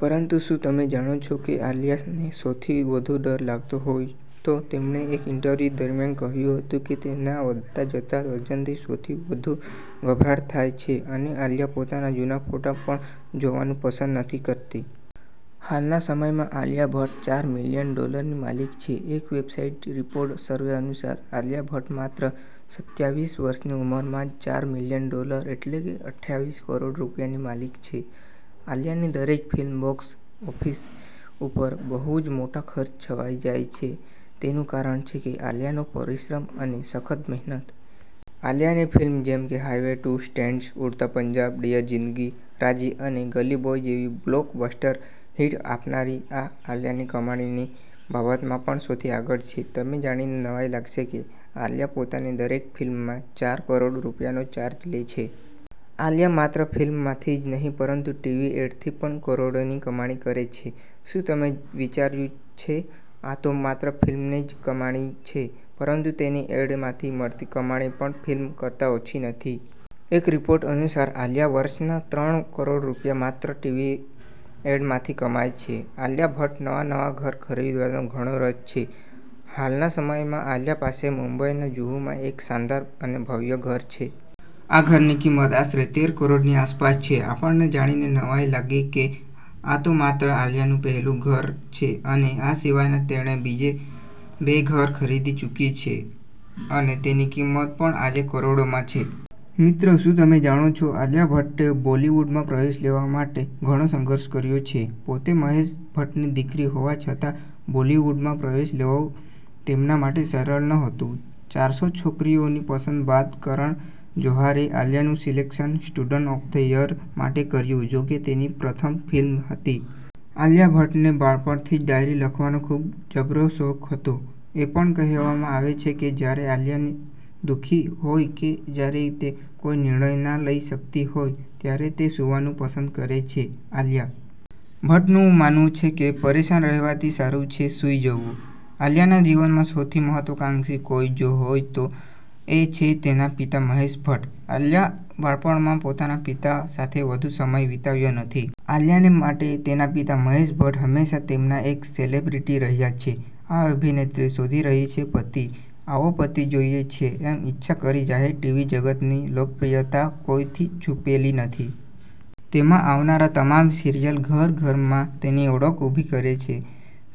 પરંતુ શું તમે જાણો છો કે આલિયાને સૌથી વધુ ડર લાગતો હોય તો તેમણે એક ઇન્ટરવ્યૂ દરમિયાન કહ્યું હતું કે તેના વધતા જતા વજનથી સૌથી વધુ ગભરાટ થાય છે. અને આલિયા પોતાના જુના ફોટા પણ જોવાનું પસંદ નથી કરતી. હાલના સમયમાં આલિયા ભટ્ટ ચાર મિલિયન ડોલરની માલિક છે. એક વેબસાઈટ રિપોર્ટ સર્વે અનુસાર આલિયા ભટ્ટ માત્ર સત્યાવીસ વર્ષની ઉંમરમાં જ ચાર મિલિયન ડોલર એટલે કે અથ્યાવીસ કરોડ રૂપિયાની માલિક છે. આલિયાની દરેક ફિલ્મ બોક્સ ઓફિસ ઉપર બહુ જ મોટા ખર્ચે છવાઈ જાય છે તેનું કારણ છે કે આલિયાનો પરિશ્રમ અને સખત મહેનત. આલિયાની ફિલ્મ જેમકે highway, two states, Udta Punjab, dear Zindagi, Raazi અને ગલી બોય જેવી બ્લોક બસ્ટર હિટ આપનારી આ આલિયાની કમાણીની બાબતમાં પણ સૌથી આગળ છે. તમને જાણીને નવાઈ લાગશે કે આલિયા પોતાની દરેક ફિલ્મમાં ચાર કરોડ રૂપિયાનો ચાર્જ લે છે. આલિયા માત્ર ફિલ્મ માંથી જ નહિ પરંતુ ટીવી એડ થી પણ કરોડોની કમાણી કરે છે. શું તમે વિચાર્યું છે આતો માત્ર ફિલ્મની જ કમાણી છે પરંતુ તેની એડ માંથી મળતી કમાણી પણ ફિલ્મ કરતા ઓછી નથી. એક રિપોર્ટ અનુસાર આલિયા વર્ષના ત્રણ કરોડ રૂપિયા માત્ર ટીવી એડ માંથી કમાય છે. આલિયા ભટ્ટ નવા નવા ઘર ખરીદવાનો ઘણો રસ છે. હાલના સમયમાં આલિયા પાસે મુંબઈના જુહુમાં એક શાનદાર અને ભવ્ય ઘર છે. આ ઘરની કિંમત આશરે તેર કરોડની આસપાસ છે. આપણને જાણીને નવાઈ લાગે કે આ તો માત્ર આલિયા નું પહેલું ઘર છે અને આ સિવાય તેણે બીજા બે ઘર ખરીદી ચૂકી છે અને તેની કિંમત પણ આજે કરોડોમાં છે. મિત્રો શું તમે જાણો છો? આલિયા ભટ્ટે બોલિવૂડમાં પ્રવેશ લેવા માટે ઘણો સંઘર્ષ કર્યો છે. પોતે મહેશ ભટ્ટની દીકરી હોવા છતાં બોલિવૂડમાં પ્રવેશ લેવો તેમના માટે સરળ નહોતું ચારસો છોકરીઓની પસંદ બાદ કરણ જોહરે આલિયાનું સિલેક્શન 'સ્ટુડન્ટ ઓફ ધ યર'માટે કર્યું જોકે તેની પ્રથમ ફિલ્મ હતી. આલિયા ભટ્ટ ને બાળપણથી ડાયરી લખવાનો ખૂબ જબરો શોખ હતો. એ પણ કહેવામાં આવે છે કે જ્યારે આલિયા દુઃખી હોય કે જ્યારે તે કોઈ નિર્ણય ના લઈ શક્તિ હોય ત્યારે તે સૂવાનું પસંદ કરે છે .આલિયા ભટ્ટ નું માનવું છે કે પરેશાન રહેવાથી સારું છે સુઈ જવું. આલિયાના જીવનમાં સૌથી મહત્વકાંક્ષી કોઈ જો હોય તો એ છે તેના પિતા મહેશ ભટ્ટ. આલિયા બાળપણમાં પોતાના પિતા સાથે વધુ સમય વિતાવ્યો નથી. આલિયા ને માટે તેના પિતા મહેશ ભટ્ટ હંમેશા તેમના એક સેલિબ્રિટી રહ્યા છે. આ અભિનેત્રી શોધી રહી છે પતિ, આવો પતિ જોઈએ છે એમ ઈચ્છા કરી જાહેર ટીવી જગત ની લોકપ્રિયતા કોઈ થી છુપેલી નથી. તેમાં આવનારા તમામ સિરિયલ ઘર ઘર માં તેની ઓળખ ઉભી કરે છે.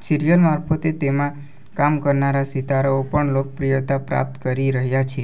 સિરિયલ મારફતે તેમાં કામ કરનારા સિતારાઓ પણ લોકપ્રિયતા પ્રાપ્ત કરી રહ્યા છે.